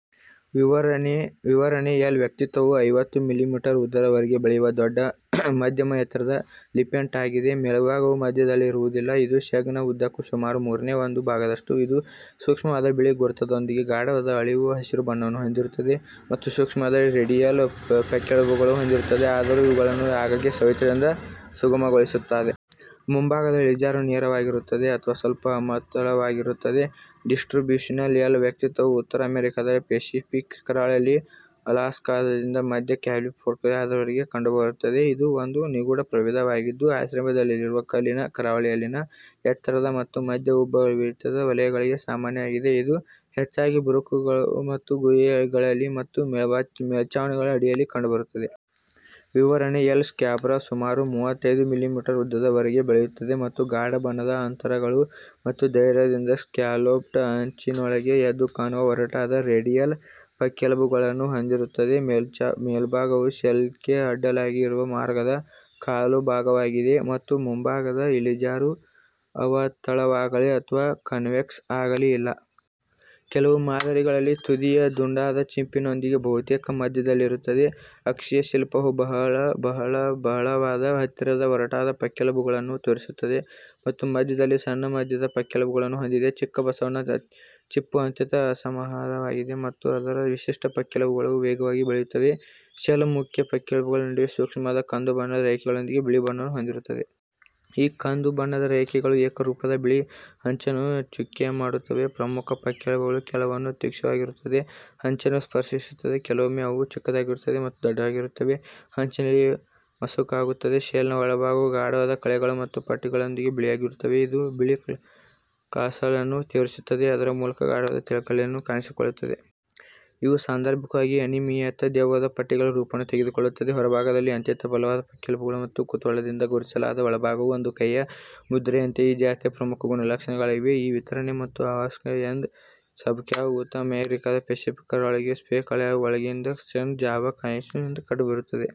ವಿವರಣೆ ಎಲ್. ವ್ಯಕ್ತಿತ್ವವು ಐವತ್ತು ಮಿಲಿಮೀಟರ್ ಉದ್ದದವರೆಗೆ ಬೆಳೆಯುವ ದೊಡ್ಡ, ಮಧ್ಯಮ ಎತ್ತರದ ಲಿಂಪೆಟ್ ಆಗಿದೆ. ಮೇಲ್ಭಾಗವು ಮಧ್ಯದಲ್ಲಿರುವುದಿಲ್ಲ, ಇದು ಶೆಲ್ನ ಉದ್ದಕ್ಕೂ ಸುಮಾರು ಮೂರನೇ ಒಂದು ಭಾಗವಾಗಿದ್ದು, ಇದು ಸೂಕ್ಷ್ಮವಾದ ಬಿಳಿ ಗುರುತುಗಳೊಂದಿಗೆ ಗಾಢವಾದ ಆಲಿವ್-ಹಸಿರು ಬಣ್ಣವನ್ನು ಹೊಂದಿರುತ್ತದೆ ಮತ್ತು ಸೂಕ್ಷ್ಮವಾದ ರೇಡಿಯಲ್ ಪಕ್ಕೆಲುಬುಗಳನ್ನು ಹೊಂದಿರುತ್ತದೆ, ಆದರೂ ಇವುಗಳನ್ನು ಆಗಾಗ್ಗೆ ಸವೆತದಿಂದ ಸುಗಮಗೊಳಿಸಲಾಗುತ್ತದೆ. ಮುಂಭಾಗದ ಇಳಿಜಾರು ನೇರವಾಗಿರುತ್ತದೆ ಅಥವಾ ಸ್ವಲ್ಪ ಅವತಲವಾಗಿರುತ್ತದೆ. Distribution L. ವ್ಯಕ್ತಿತ್ವವು ಉತ್ತರ ಅಮೆರಿಕಾದ ಪೆಸಿಫಿಕ್ ಕರಾವಳಿಯಲ್ಲಿ ಅಲಾಸ್ಕಾದಿಂದ ಮಧ್ಯ ಕ್ಯಾಲಿಫೋರ್ನಿಯಾದವರೆಗೆ ಕಂಡುಬರುತ್ತದೆ. ಇದು ಒಂದು ನಿಗೂಢ ಪ್ರಭೇದವಾಗಿದ್ದು, ಆಶ್ರಯದಲ್ಲಿರುವ ಕಲ್ಲಿನ ಕರಾವಳಿಯಲ್ಲಿನ ಎತ್ತರದ ಮತ್ತು ಮಧ್ಯ-ಉಬ್ಬರವಿಳಿತದ ವಲಯಗಳಿಗೆ ಸಾಮಾನ್ಯವಾಗಿದೆ. ಇದು ಹೆಚ್ಚಾಗಿ ಬಿರುಕುಗಳು ಮತ್ತು ಗುಹೆಗಳಲ್ಲಿ ಮತ್ತು ಮೇಲ್ಛಾವಣಿಗಳ ಅಡಿಯಲ್ಲಿ ಕಂಡುಬರುತ್ತದೆ. ವಿವರಣೆ ಎಲ್. ಸ್ಕ್ಯಾಬ್ರಾ ಸುಮಾರು ಮೂವತ್ತೈದು ಮಿಲಿಮೀಟರ್ ಉದ್ದದವರೆಗೆ ಬೆಳೆಯುತ್ತದೆ ಮತ್ತು ಗಾಢ ಬಣ್ಣದ ಅಂತರಗಳು ಮತ್ತು ಧೈರ್ಯದಿಂದ ಸ್ಕ್ಯಾಲೋಪ್ಡ್ ಅಂಚಿನೊಂದಿಗೆ ಎದ್ದುಕಾಣುವ ಒರಟಾದ ರೇಡಿಯಲ್ ಪಕ್ಕೆಲುಬುಗಳನ್ನು ಹೊಂದಿರುತ್ತದೆ. ಮೇಲ್ಭಾಗವು ಶೆಲ್ಗೆ ಅಡ್ಡಲಾಗಿ ಇರುವ ಮಾರ್ಗದ ಕಾಲು ಭಾಗವಾಗಿದೆ ಮತ್ತು ಮುಂಭಾಗದ ಇಳಿಜಾರು ಅವತಲವಾಗಲೀ ಅಥವಾ ಕನ್ವೆಕ್ಸ್ ಆಗಲೀ ಇಲ್ಲ. ಕೆಲವು ಮಾದರಿಗಳಲ್ಲಿ ತುದಿಯು ದುಂಡಾದ ಚಿಪ್ಪಿನೊಂದಿಗೆ ಬಹುತೇಕ ಮಧ್ಯದಲ್ಲಿರುತ್ತದೆ. ಅಕ್ಷೀಯ ಶಿಲ್ಪವು ಬಹಳ ಬಲವಾದ, ಹತ್ತಿರದ, ಒರಟಾದ ಪಕ್ಕೆಲುಬುಗಳನ್ನು ತೋರಿಸುತ್ತದೆ ಮತ್ತು ಮಧ್ಯದಲ್ಲಿ ಸಣ್ಣ ಮಧ್ಯದ ಪಕ್ಕೆಲುಬುಗಳನ್ನು ಹೊಂದಿದೆ. ಚಿಕ್ಕ ಬಸವನ ಚಿಪ್ಪು ಅತ್ಯಂತ ಅಸಮಾನವಾಗಿದೆ ಮತ್ತು ಅದರ ವಿಶಿಷ್ಟ ಪಕ್ಕೆಲುಬುಗಳು ವೇಗವಾಗಿ ಬೆಳೆಯುತ್ತವೆ. ಶೆಲ್ ಮುಖ್ಯ ಪಕ್ಕೆಲುಬುಗಳ ನಡುವೆ ಸೂಕ್ಷ್ಮವಾದ ಕಂದು ಬಣ್ಣದ ರೇಖೆಗಳೊಂದಿಗೆ ಬಿಳಿ ಬಣ್ಣವನ್ನು ಹೊಂದಿರುತ್ತದೆ. ಈ ಕಂದು ಬಣ್ಣದ ರೇಖೆಗಳು ಏಕರೂಪದ ಬಿಳಿ ಅಂಚನ್ನು ಚುಕ್ಕೆ ಮಾಡುತ್ತವೆ. ಪ್ರಮುಖ ಪಕ್ಕೆಲುಬುಗಳು ಕೆಲವೊಮ್ಮೆ ತೀಕ್ಷ್ಣವಾಗಿರುತ್ತವೆ, ಅಂಚನ್ನು ಸ್ಪರ್ಶಿಸುತ್ತವೆ. ಕೆಲವೊಮ್ಮೆ ಅವು ಚಿಕ್ಕದಾಗಿರುತ್ತವೆ ಮತ್ತು ದಟ್ಟವಾಗಿರುತ್ತವೆ, ಅಂಚಿನಲ್ಲಿ ಮಸುಕಾಗುತ್ತವೆ. ಶೆಲ್ನ ಒಳಭಾಗವು ಗಾಢವಾದ ಕಲೆಗಳು ಮತ್ತು ಪಟ್ಟಿಗಳೊಂದಿಗೆ ಬಿಳಿಯಾಗಿರುತ್ತದೆ. ಇದು ಬಿಳಿ ಕಾಲ್ಲಸ್ ಅನ್ನು ತೋರಿಸುತ್ತದೆ, ಅದರ ಮೂಲಕ ಗಾಢವಾದ ಕಲೆಗಳು ಕಾಣಿಸಿಕೊಳ್ಳುತ್ತವೆ. ಇವು ಸಾಂದರ್ಭಿಕವಾಗಿ ಅನಿಯಮಿತ ದೆವ್ವದ ಪಟ್ಟಿಗಳ ರೂಪವನ್ನು ತೆಗೆದುಕೊಳ್ಳುತ್ತವೆ. ಹೊರಭಾಗದಲ್ಲಿ ಅತ್ಯಂತ ಬಲವಾದ ಪಕ್ಕೆಲುಬುಗಳು ಮತ್ತು ಕುತೂಹಲದಿಂದ ಗುರುತಿಸಲಾದ ಒಳಭಾಗವು, ಒಂದು ಕೈಯ ಮುದ್ರೆಯಂತೆ, ಈ ಜಾತಿಯ ಪ್ರಮುಖ ಗುಣಲಕ್ಷಣಗಳಾಗಿವೆ. ವಿತರಣೆ ಮತ್ತು ಆವಾಸಸ್ಥಾನ ಎಲ್. ಸ್ಕ್ಯಾಬ್ರಾವು ಉತ್ತರ ಅಮೆರಿಕದ ಪೆಸಿಫಿಕ್ ಕರಾವಳಿಯಲ್ಲಿ ಕೇಪ್ ಅರಾಗೊ, ಒರೆಗಾನ್ನಿಂದ ದಕ್ಷಿಣ ಬಾಜಾ ಕ್ಯಾಲಿಫೋರ್ನಿಯಾದವರೆಗೆ ಕಂಡುಬರುತ್ತದೆ.